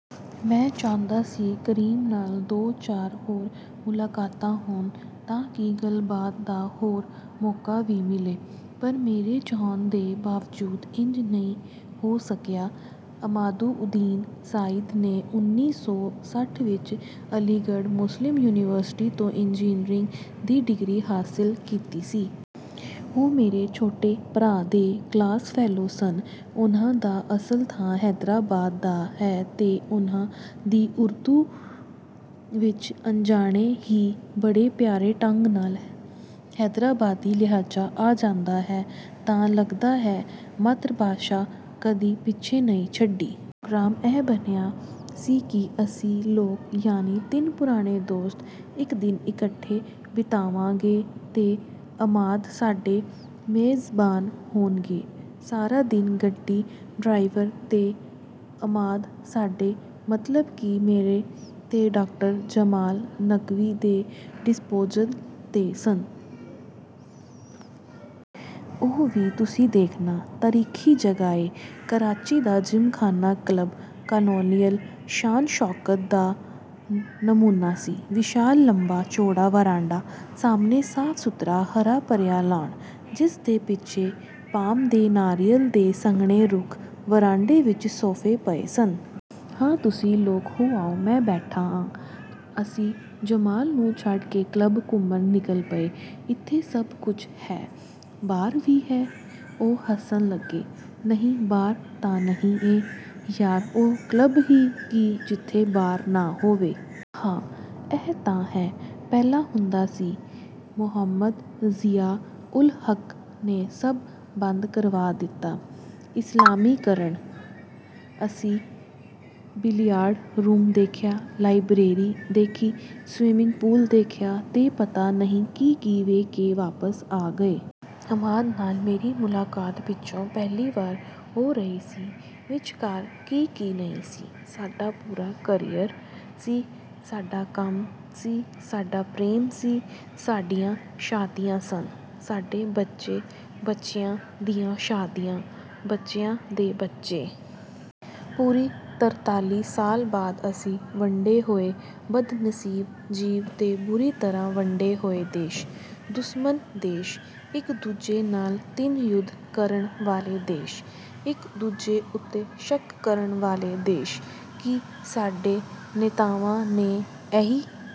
ਮੈਂ ਚਾਹੁੰਦਾ ਸੀ ਕਰੀਮ ਨਾਲ ਦੋ-ਚਾਰ ਹੋਰ ਮੁਲਾਕਾਤਾਂ ਹੋਣ, ਤਾਂ ਕਿ ਗੱਲਬਾਤ ਦਾ ਹੋਰ ਮੌਕਾ ਵੀ ਮਿਲੇ। ਪਰ ਮੇਰੇ ਚਾਹੁਣ ਦੇ ਬਾਵਜੂਦ ਇੰਜ ਨਹੀਂ ਹੋ ਸਕਿਆ। ਅਮਾਦਉੱਦੀਨ ਸਈਦ ਨੇ ਉੱਨੀ ਸੌ ਸੱਠ ਵਿੱਚ ਅਲੀਗੜ੍ਹ ਮੁਸਲਿਮ ਯੂਨੀਵਰਸਿਟੀ ਤੋਂ ਇੰਜੀਨੀਅਰਿੰਗ ਦੀ ਡਿਗਰੀ ਹਾਸਲ ਕੀਤੀ ਸੀ। ਉਹ ਮੇਰੇ ਛੋਟੇ ਭਰਾ ਦੇ ਕਲਾਸ-ਫੈਲੋ ਸਨ। ਉਹਨਾਂ ਦਾ ਅਸਲ ਥਾਂ ਹੈਦਰਾਬਾਦ ਦਾ ਹੈ ਤੇ ਓਹਨਾਂ ਦੀ ਉਰਦੂ ਵਿੱਚ ਅਣਜਾਣੇ ਹੀ, ਬੜੇ ਪਿਆਰੇ ਢੰਗ ਨਾਲ, ਹੈਦਰਾਬਾਦੀ ਲਹਿਜ਼ਾ ਆ ਜਾਂਦਾ ਹੈ, ਤਾਂ ਲੱਗਦਾ ਹੈ ਮਾਤ੍ਰਭਾਸ਼ਾ ਕਦੀ ਪਿੱਛਾ ਨਹੀਂ ਛੱਡਦੀ। ਪ੍ਰੋਗਰਾਮ ਇਹ ਬਣਿਆ ਸੀ ਕਿ ਅਸੀਂ ਲੋਕ, ਯਾਨੀ ਤਿੰਨੇ ਪੁਰਾਣੇ ਦੋਸਤ, ਇੱਕ ਦਿਨ ਇਕੱਠੇ ਬਿਤਾਵਾਂਗੇ ਤੇ ਅਮਾਦ ਸਾਡੇ ਮੇਜ਼ਬਾਨ ਹੋਣਗੇ। ਸਾਰਾ ਦਿਨ ਗੱਡੀ, ਡਰਾਈਵਰ ਤੇ ਅਮਾਦ ਸਾਡੇ, ਮਤਲਬ ਕਿ ਮੇਰੇ ਤੇ ਡਾ. ਜਮਾਲ ਨਕਵੀ ਦੇ, 'ਡਿਸਪੋਜ਼ਲ' 'ਤੇ ਸਨ। ਉਹ ਵੀ ਤੁਸੀਂ ਦੇਖਣਾ... ਤਾਰੀਖ਼ੀ ਜਗ੍ਹਾ ਏ।" ਕਰਾਚੀ ਦਾ ਜ਼ਿਮਖ਼ਾਨਾ ਕਲੱਬ 'ਕਾਲੋਨੀਅਲ' ਸ਼ਾਨ-ਸ਼ੌਕਤ ਦਾ ਨਮੂਨਾ ਸੀ। ਵਿਸ਼ਾਲ, ਲੰਮਾ-ਚੌੜਾ ਵਰਾਂਡਾ... ਸਾਹਮਣੇ ਸਾਫ਼-ਸੁਥਰਾ, ਹਰਾ-ਭਰਿਆ ਲਾਨ, ਜਿਸਦੇ ਪਿੱਛੇ ਪਾਮ ਤੇ ਨਾਰੀਅਲ ਦੇ ਸੰਘਣੇ ਰੁੱਖ... ਵਰਾਂਡੇ ਵਿੱਚ ਸੋਫ਼ੇ ਪਏ ਸਨ... "ਹਾਂ, ਤੁਸੀਂ ਲੋਕ ਹੋ ਆਓ, ਮੈਂ ਬੈਠਾ ਆਂ।" ਅਸੀਂ ਜਮਾਲ ਨੂੰ ਛੱਡ ਕੇ ਕਲੱਬ ਘੁੰਮਣ ਨਿਕਲ ਪਏ। "ਇੱਥੇ ਸਭ ਕੁਝ ਹੈ...।" "ਬਾਰ ਵੀ ਹੈ?" ਉਹ ਹੱਸਣ ਲੱਗੇ। "ਨਹੀਂ, ਬਾਰ ਤਾਂ ਨਹੀਂ।" "ਯਾਰ, ਉਹ ਕਲੱਬ ਹੀ ਕੀ ਜਿੱਥੇ ਬਾਰ ਨਾ ਹੋਵੇ।" "ਹਾਂ, ਇਹ ਤਾਂ ਹੈ... ਪਹਿਲਾਂ ਹੁੰਦਾ ਸੀ... ਮੁਹੰਮਦ ਜ਼ਿਆ-ਉਲ-ਹੱਕ ਨੇ ਸਭ ਬੰਦ ਕਰਵਾ ਦਿੱਤਾ... ਇਸਲਾਮੀਕਰਨ।" ਅਸੀਂ ਬਿਲੀਅਰਡ ਰੂਮ ਦੇਖਿਆ, ਲਾਇਬ੍ਰੇਰੀ ਦੇਖੀ, ਸਵਿਮਿੰਗ ਪੂਲ ਦੇਖਿਆ ਤੇ ਪਤਾ ਨਹੀਂ ਕੀ-ਕੀ ਦੇਖ ਕੇ ਵਾਪਸ ਆ ਗਏ। ਅਮਾਦ ਨਾਲ ਮੇਰੀ ਮੁਲਾਕਾਤ ਪਿੱਛੋਂ ਪਹਿਲੀ ਵਾਰ ਹੋ ਰਹੀ ਸੀ। ਵਿਚਕਾਰ ਕੀ-ਕੀ ਨਹੀਂ ਸੀ। ਸਾਡਾ ਪੂਰਾ ਕੈਰੀਅਰ ਸੀ। ਸਾਡਾ ਕੰਮ ਸੀ... ਸਾਡਾ ਪ੍ਰੇਮ ਸੀ... ਸਾਡੀਆਂ ਸ਼ਾਦੀਆਂ ਸਨ... ਸਾਡੇ ਬੱਚੇ... ਬੱਚਿਆਂ ਦੀਆਂ ਸ਼ਾਦੀਆਂ... ਬੱਚਿਆਂ ਦੇ ਬੱਚੇ... ਪੂਰੇ ਤਰਤਾਲੀ ਸਾਲ ਬਾਅਦ... ਅਸੀਂ ਵੰਡੇ ਹੋਏ ਬਦਨਸੀਬ ਜੀਵ ਤੇ ਬੁਰੀ ਤਰ੍ਹਾਂ ਵੰਡੇ ਹੋਏ ਦੇਸ਼। ਦੁਸ਼ਮਣ ਦੇਸ਼। ਇੱਕ-ਦੂਜੇ ਨਾਲ ਤਿੰਨ ਯੁੱਧ ਕਰਨ ਵਾਲੇ ਦੇਸ਼... ਇੱਕ-ਦੂਜੇ ਉੱਤੇ ਸ਼ੱਕ ਕਰਨ ਵਾਲੇ ਦੇਸ਼... ਕੀ ਸਾਡੇ ਨੇਤਾਵਾਂ ਨੇ ਇਹੀ...